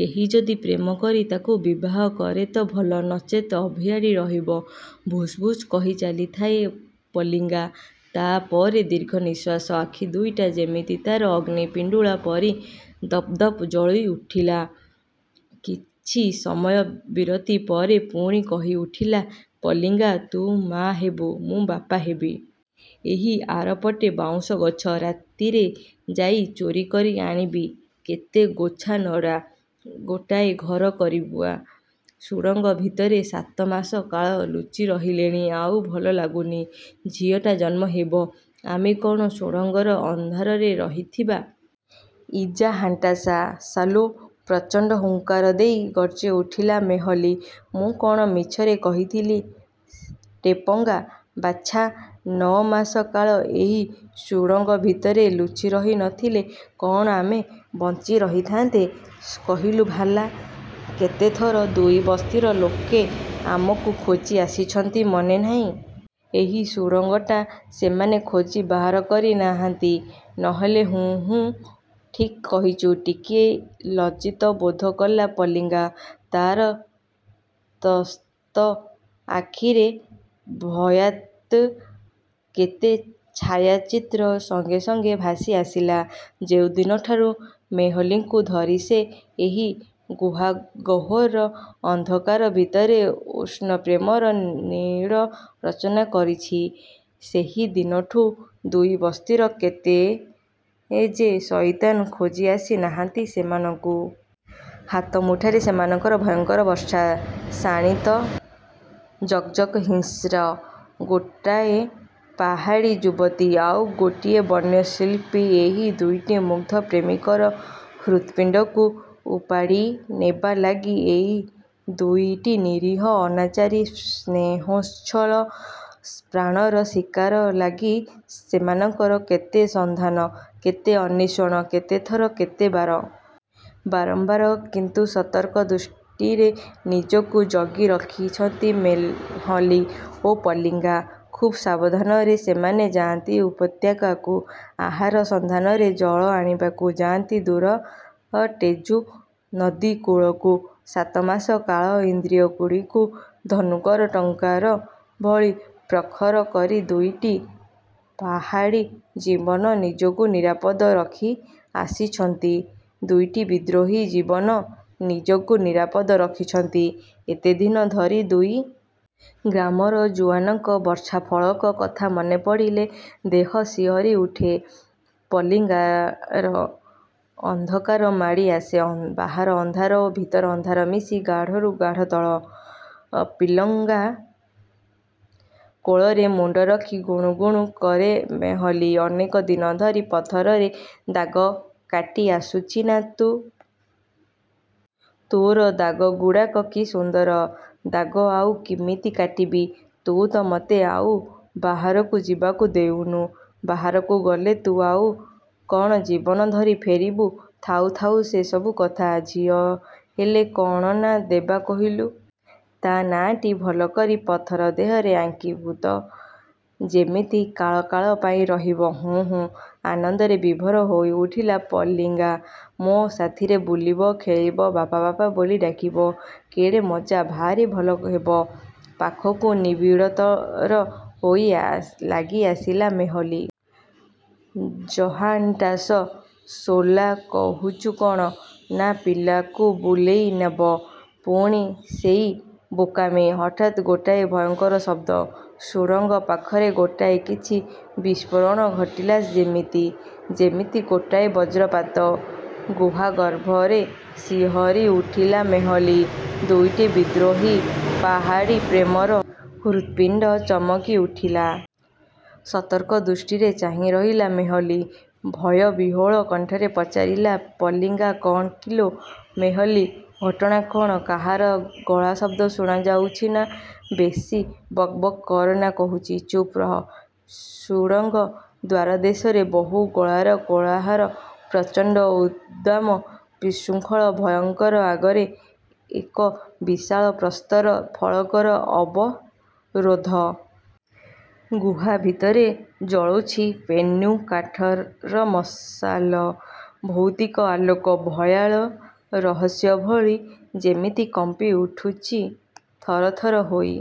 କେହି ଯଦି ପ୍ରେମ କରି ତାକୁ ବିବାହ କରେ ତ ଭଲ, ନଚେତ ଅଭିଆଡ଼ୀ ରହିବ। ଭୁସ୍ ଭୁସ୍ କହିଚାଲିଥାଏ ପଲିଙ୍ଗା। ତା ପରେ ଦୀର୍ଘ ନିଶ୍ୱାସ। ଆଖି ଦୁଇଟା ଯେମିତି ତାର ଅଗ୍ନିପିଣ୍ଡୁଳା ପରି ଦପ୍ଦପ୍ ଜଳିଉଠିଲା। କିଛି ସମୟ ବିରତି ପରେ ପୁଣି କହି ଉଠିଲା ପଲିଙ୍ଗା ତୁ ମା ହେବୁ, ମୁଁ ବାପା ହେବି। ଏହି ଆରପଟେ ବାଉଁଶ ଗଛ। ରାତିରେ ଯାଇ ଚୋରି କରି ଆଣିବି କେତେ ଗୋଛା ନଡ଼ା। ଗୋଟାଏ ଘର କରିବା। ସୁଡ଼ଙ୍ଗ ଭିତରେ ସାତ ମାସ କାଳ ଲୁଚି ରହିଲେଣି। ଆଉ ଭଲ ଲାଗୁନି। ଝିଅଟା ଜନ୍ମ ହେବ। ଆମେ କ'ଣ ସୁଡ଼ଙ୍ଗର ଅନ୍ଧାରରେ ରହିଥିବା? ଇଜାହାଣ୍ଟାସା ସାଲୋ। ପ୍ରଚଣ୍ଡ ହୁଙ୍କାର ଦେଇ ଗର୍ଜିଉଠିଲା ମେହଲୀ। ମୁଁ କଣ ମିଛରେ କହିଥିଲି ଟେପଙ୍ଗା। ବାଚ୍ଛା। ନଅ ମାସ କାଳ ଏହି ସୁଡ଼ଙ୍ଗ ଭିତରେ ଲୁଚି ରହି ନ ଥିଲେ, କ'ଣ ଆମେ ବଞ୍ଚି ରହିଥାଆନ୍ତେ କହିଲୁ ଭାଲା! କେତେଥର ଦୁଇ ବସ୍ତିର ଲୋକେ ଆମକୁ ଖୋଜି ଆସିଚନ୍ତି, ମନେ ନାହିଁ? ଏହି ସୁଡ଼ଙ୍ଗଟା ସେମାନେ ଖୋଜି ବାହାର କରି ନାହାନ୍ତି, ନ ହେଲେ ହୁଁ, ହୁଁ, ଠିକ୍ କହିଚୁ। ଟିକିଏ ଲଜ୍ଜିତ ବୋଧ କଲା ପଲିଙ୍ଗା। ତାର ତ୍ରସ୍ତ ଆଖିରେ ଭୟାର୍ତ୍ତ କେତେ ଛାୟାଚିତ୍ର ସଙ୍ଗେ ସଙ୍ଗେ ଭାସିଆସିଲା। ଯେଉଁଦିନଠାରୁ ମେହଲୀକୁ ଧରି ସେ ଏହି ଗୁହାଗହ୍ୱର ଅନ୍ଧକାର ଭିତରେ ଉଷ୍ଣପ୍ରେମର ନୀଡ଼ ରଚନା କରିଚି, ସେହି ଦିନଠୁ ଦୁଇ ବସ୍ତିର କେତେ ଯେ ଶଇତାନ ଖୋଜି ଆସି ନାହାନ୍ତି ସେମାନଙ୍କୁ! ହାତ ମୁଠାରେ ସେମାନଙ୍କର ଭୟଙ୍କର ବର୍ଚ୍ଛା। ଶାଣିତ, ଜକ୍ ଜକ୍, ହିଂସ୍ର। ଗୋଟାଏ ପାହାଡ଼ୀ ଯୁବତୀ, ଆଉ ଗୋଟିଏ ବନ୍ୟ ଶିଳ୍ପୀଏହି ଦୁଇଟି ମୁଗ୍ଧ ପ୍ରେମିକର ହୃତ୍ପିଣ୍ଡକୁ ଉପାଡ଼ିନେବା ଲାଗି, ଏହି ଦୁଇଟି ନିରୀହ, ଅନାଚାରୀ, ସ୍ନେହୋତ୍ସଳ ପ୍ରାଣର ଶିକାର ଲାଗି ସେମାନଙ୍କର କେତେ ସନ୍ଧାନ, କେତେ ଅନ୍ୱେଷଣ କେତେ ଥର, କେତେ ବାର! ବାରମ୍ବାର! କିନ୍ତୁ ସତର୍କ ଦୃଷ୍ଟିରେ ନିଜକୁ ଜଗି ରଖିଛନ୍ତି ମେହଲୀ ଓ ପଲିଙ୍ଗା। ଖୁବ୍ ସାବଧାନରେ ସେମାନେ ଯାଆନ୍ତି ଉପତ୍ୟକାକୁ ଆହାର ସନ୍ଧାନରେ, ଜଳ ଆଣିବାକୁ ଯାଆନ୍ତି ଦୂର ଟେଜୁ ନଦୀ କୂଳକୁ। ସାତମାସ କାଳ ଇନ୍ଦ୍ରିୟଗୁଡ଼ିକୁ ଧନୁକର ଟଙ୍କାର ଭଳି ପ୍ରଖର କରି ଦୁଇଟି ପାହାଡ଼ୀ ଜୀବନ ନିଜକୁ ନିରାପଦ ରଖି ଆସିଛନ୍ତି; ଦୁଇଟି ବିଦ୍ରୋହୀ ଜୀବନ ନିଜକୁ ନିରାପଦ ରଖିଚନ୍ତି ଏତେଦିନ ଧରି। ଦୁଇ ଗ୍ରାମର ଜୁଆନଙ୍କ ବର୍ଚ୍ଛାଫଳକ କଥା ମନେପଡ଼ିଲେ ଦେହ ଶିହରି ଉଠେ ପିଲଙ୍ଗାର। ଅନ୍ଧକାର ମାଡ଼ି ଆସେ। ବାହାର ଅନ୍ଧାର ଓ ଭିତର ଅନ୍ଧାର ମିଶି ଗାଢ଼ରୁ ଗାଢ଼ତର। ପଲିଙ୍ଗା କୋଳରେ ମୁଣ୍ଡ ରଖି ଗୁଣୁ ଗୁଣୁ କରେ ମେହଲୀ। ଅନେକ ଦିନ ଧରି ପଥରରେ ଦାଗ କାଟି ଆସିଚୁ ନା ତୁ? ତୋର ଦାଗଗୁଡ଼ାକ କି ସୁନ୍ଦର! ଦାଗ ଆଉ କିମିତି କାଟିବି? ତୁ ତ ମତେ ଆଉ ବାହାରକୁ ଯିବାକୁ ଦେଉନୁ। ବାହାରକୁ ଗଲେ ତୁ ଆଉ କ'ଣ ଜୀବନ ଧରି ଫେରିବୁ? ଥାଉ ଥାଉ ସେସବୁ କଥା। ଝିଅ ହେଲେ କ'ଣ ନାଁ ଦେବା କହିଲୁ? ତା ନାଁଟି ଭଲ କରି ପଥର ଦେହରେ ଆଙ୍କିବୁ ତ? ଯେମିତି କାଳ କାଳ ପାଇଁ ରହିବ। ହୁଁ, ହୁଁ। ଆନନ୍ଦରେ ବିଭୋର ହୋଇଉଠିଲା ପଲିଙ୍ଗା। ମୋ ସାଥିରେ ବୁଲିବ, ଖେଳିବ, ବାପା ବାପା ବୋଲି ଡାକିବ। କେଡ଼େ ମଜା! ଭାରି ଭଲ ହେବ। ପାଖକୁ ନିବିଡ଼ତର ହୋଇ ଆସ ଲାଗିଆସିଲା ମେହଲୀ। ଜହାଣ୍ଟାସ ସୋଲାକହୁଚୁ କ'ଣ ନା ପିଲାକୁ ବୁଲେଇ ନେବ। ପୁଣି ସେଇ ବୋକାମି! ହଠାତ୍ ଗୋଟାଏ ଭୟଙ୍କର ଶବ୍ଦ। ସୁଡ଼ଙ୍ଗ ପାଖରେ ଗୋଟାଏ କିଛି ବିସ୍ଫୋରଣ ଘଟିଲା ଯେମିତି। ଯେମିତି ଗୋଟାଏ ବଜ୍ରପାତ। ଗୁହାଗର୍ଭରେ ଶିହରି ଉଠିଲା ମେହଲୀ। ଦୁଇଟି ବିଦ୍ରୋହୀ ପାହାଡ଼ୀ ପ୍ରେମର ହୃତ୍ପିଣ୍ଡ ଚମକି ଉଠିଲା। ସତର୍କ ଦୃଷ୍ଟିରେ ଚାହିଁରହିଲା ମେହଲୀ। ଭୟବିହ୍ୱଳ କଣ୍ଠରେ ପଚାରିଲା ପଲିଙ୍ଗା କ'ଣ କିଲୋ ମେହଲୀ, ଘଟଣା କ'ଣ? କାହାର ଗଳାଶବ୍ଦ ଶୁଣାଯାଉଛି ନା? ବେଶି ବକ୍ ବକ୍ କରନା କହୁଚି। ଚୁପ୍ ରହ। ସୁଡ଼ଙ୍ଗ ଦ୍ୱାରଦେଶରେ ବହୁ ଗଳାର କୋଳାହଳ ପ୍ରଚଣ୍ଡ, ଉଦ୍ଦାମ, ବିଶୃଙ୍ଖଳ, ଭୟଙ୍କର! ଆଗରେ ଏକ ବିଶାଳ ପ୍ରସ୍ତର ଫଳକର ଅବରୋଧ। ଗୁହା ଭିତରେ ଜଳୁଚି ପେନ୍ୟୁ କାଠର ମଶାଲ। ଭୌତିକ ଆଲୋକ, ଭୟାଳ ରହସ୍ୟ ଭଳି ଯେମିତି କମ୍ପି ଉଠୁଚି ଥର ଥର ହୋଇ।